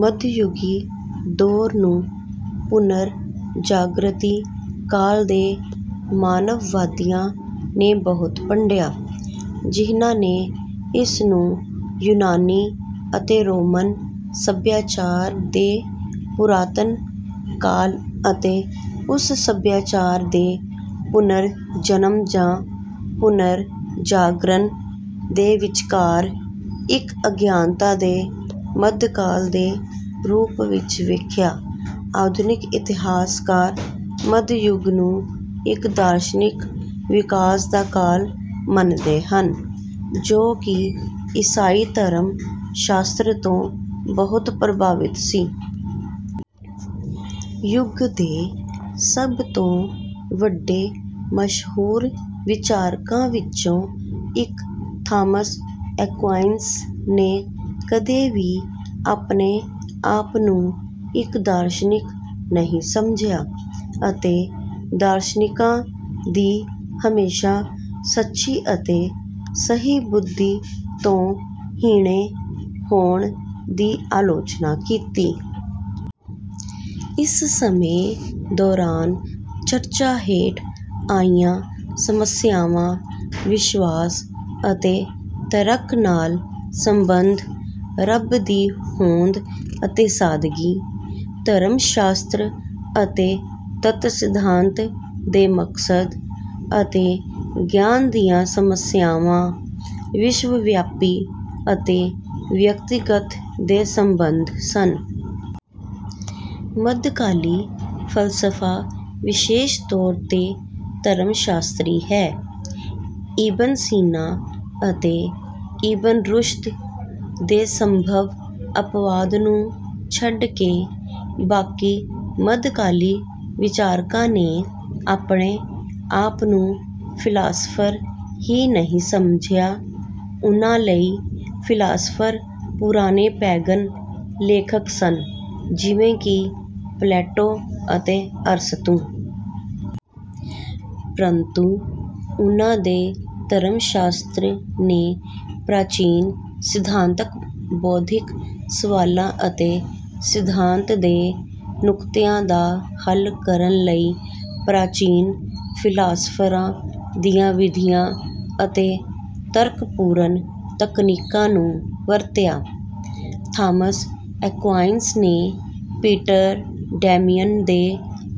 ਮੱਧਯੁਗੀ ਦੌਰ ਨੂੰ ਪੁਨਰ ਜਾਗਰਤੀ ਕਾਲ ਦੇ ਮਾਨਵਵਾਦੀਆਂ ਨੇ ਬਹੁਤ ਭੰਡਿਆ, ਜਿਹਨਾਂ ਨੇ ਇਸ ਨੂੰ ਯੂਨਾਨੀ ਅਤੇ ਰੋਮਨ ਸਭਿਆਚਾਰ ਦੇ ਪੁਰਾਤਨ ਕਾਲ ਅਤੇ ਉਸ ਸੱਭਿਆਚਾਰ ਦੇ 'ਪੁਨਰ ਜਨਮ' ਜਾਂ ਪੁਨਰਜਾਗਰਣ ਦੇ ਵਿਚਕਾਰ ਇੱਕ ਅਗਿਆਨਤਾ ਦੇ 'ਮੱਧ' ਕਾਲ ਦੇ ਰੂਪ ਵਿੱਚ ਵੇਖਿਆ ਆਧੁਨਿਕ ਇਤਿਹਾਸਕਾਰ ਮੱਧਯੁੱਗ ਨੂੰ ਇੱਕ ਦਾਰਸ਼ਨਿਕ ਵਿਕਾਸ ਦਾ ਕਾਲ ਮੰਨਦੇ ਹਨ, ਜੋ ਕਿ ਈਸਾਈ ਧਰਮ ਸ਼ਾਸਤਰ ਤੋਂ ਬਹੁਤ ਪ੍ਰਭਾਵਿਤ ਸੀ। ਯੁੱਗ ਦੇ ਸਭ ਤੋਂ ਵੱਡੇ ਮਸ਼ਹੂਰ ਵਿਚਾਰਕਾਂ ਵਿੱਚੋਂ ਇੱਕ, ਥਾਮਸ ਐਕੁਆਇਨਸ ਨੇ ਕਦੇ ਵੀ ਆਪਣੇ ਆਪ ਨੂੰ ਇੱਕ ਦਾਰਸ਼ਨਿਕ ਨਹੀਂ ਸਮਝਿਆ, ਅਤੇ ਦਾਰਸ਼ਨਿਕਾਂ ਦੀ ਹਮੇਸ਼ਾ "ਸੱਚੀ ਅਤੇ ਸਹੀ ਬੁੱਧੀ ਤੋਂ ਹੀਣੇ ਹੋਣ" ਦੀ ਆਲੋਚਨਾ ਕੀਤੀ। ਇਸ ਸਮੇਂ ਦੌਰਾਨ ਚਰਚਾ ਹੇਠ ਆਈਆਂ ਸਮੱਸਿਆਵਾਂ ਵਿਸ਼ਵਾਸ ਅਤੇ ਤਰਕ ਨਾਲ ਸੰਬੰਧ, ਰੱਬ ਦੀ ਹੋਂਦ ਅਤੇ ਸਾਦਗੀ, ਧਰਮ ਸ਼ਾਸਤਰ ਅਤੇ ਤੱਤ ਸਿਧਾਂਤ ਦੇ ਮਕਸਦ ਅਤੇ ਗਿਆਨ ਦੀਆਂ ਸਮੱਸਿਆਵਾਂ, ਵਿਸ਼ਵ ਵਿਆਪੀ ਅਤੇ ਵਿਅਕਤੀਗਤ ਦੇ ਸੰਬੰਧ ਸਨ। ਮੱਧਕਾਲੀ ਫ਼ਲਸਫ਼ਾ ਵਿਸ਼ੇਸ਼ ਤੌਰ ਤੇ ਧਰਮ ਸ਼ਾਸਤਰੀ ਹੈ। ਇਬਨ ਸੀਨਾ ਅਤੇ ਇਬਨ ਰੁਸ਼ਦ ਦੇ ਸੰਭਵ ਅਪਵਾਦ ਨੂੰ ਛੱਡ ਕੇ, ਬਾਕੀ ਮੱਧਕਾਲੀ ਵਿਚਾਰਕਾਂ ਨੇ ਆਪਣੇ ਆਪ ਨੂੰ ਫ਼ਿਲਾਸਫਰ ਹੀ ਨਹੀਂ ਸਮਝਿਆ। ਉਨ੍ਹਾਂ ਲਈ, ਫ਼ਿਲਾਸਫਰ ਪੁਰਾਣੇ ਪੈਗਨ ਲੇਖਕ ਸਨ ਜਿਵੇਂ ਕਿ ਪਲੈਟੋ ਅਤੇ ਅਰਸਤੂ। ਪਰੰਤੂ, ਉਨ੍ਹਾਂ ਦੇ ਧਰਮ ਸ਼ਾਸਤਰ ਨੇ ਪ੍ਰਾਚੀਨ ਸਿਧਾਂਤਕ ਬੌਧਿਕ ਸਵਾਲਾਂ ਅਤੇ ਸਿਧਾਂਤ ਦੇ ਨੁਕਤਿਆਂ ਦਾ ਹੱਲ ਕਰਨ ਲਈ ਪ੍ਰਾਚੀਨ ਫ਼ਿਲਾਸਫਰਾਂ ਦੀਆਂ ਵਿਧੀਆਂ ਅਤੇ ਤਰਕਪੂਰਨ ਤਕਨੀਕਾਂ ਨੂੰ ਵਰਤਿਆ। ਥਾਮਸ ਐਕੁਆਇਨਸ ਨੇ ਪੀਟਰ ਡੈਮੀਅਨ ਦੇ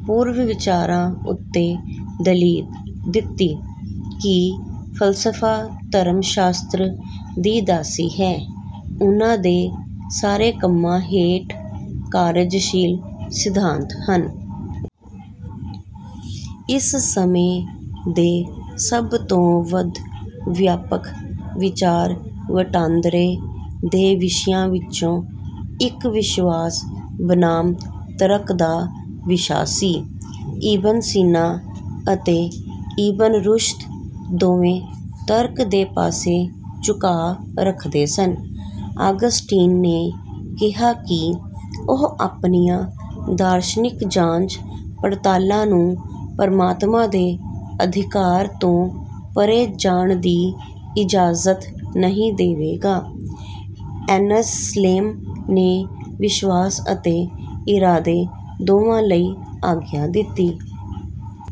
ਪੂਰਵ ਵਿਚਾਰਾਂ ਉੱਤੇ ਦਲੀਲ ਦਿੱਤੀ ਕਿ ਫ਼ਲਸਫ਼ਾ ਧਰਮ ਸ਼ਾਸਤਰ ਦੀ ਦਾਸੀ ਹੈ ਉਨ੍ਹਾਂ ਦੇ ਸਾਰੇ ਕੰਮਾਂ ਹੇਠ ਕਾਰਜਸ਼ੀਲ ਸਿਧਾਂਤ ਹਨ। ਇਸ ਸਮੇਂ ਦੇ ਸਭ ਤੋਂ ਵੱਧ ਵਿਆਪਕ ਵਿਚਾਰ ਵਟਾਂਦਰੇ ਦੇ ਵਿਸ਼ਿਆਂ ਵਿੱਚੋਂ ਇੱਕ ਵਿਸ਼ਵਾਸ ਬਨਾਮ ਤਰਕ ਦਾ ਵਿਸ਼ਾ ਸੀ ਇਬਨ ਸੀਨਾ ਅਤੇ ਇਬਨ ਰੁਸ਼ਦ ਦੋਵੇਂ ਤਰਕ ਦੇ ਪਾਸੇ ਝੁਕਾਅ ਰੱਖਦੇ ਸਨ। ਆਗਸਟੀਨ ਨੇ ਕਿਹਾ ਕਿ ਉਹ ਆਪਣੀਆਂ ਦਾਰਸ਼ਨਿਕ ਜਾਂਚ ਪੜਤਾਲਾਂ ਨੂੰ ਪਰਮਾਤਮਾ ਦੇ ਅਧਿਕਾਰ ਤੋਂ ਪਰੇ ਜਾਣ ਦੀ ਇਜਾਜ਼ਤ ਨਹੀਂ ਦੇਵੇਗਾ। ਐਨਸਲੇਮ ਨੇ ਵਿਸ਼ਵਾਸ ਅਤੇ ਇਰਾਦੇ ਦੋਵਾਂ ਲਈ ਆਗਿਆ ਦਿੱਤੀ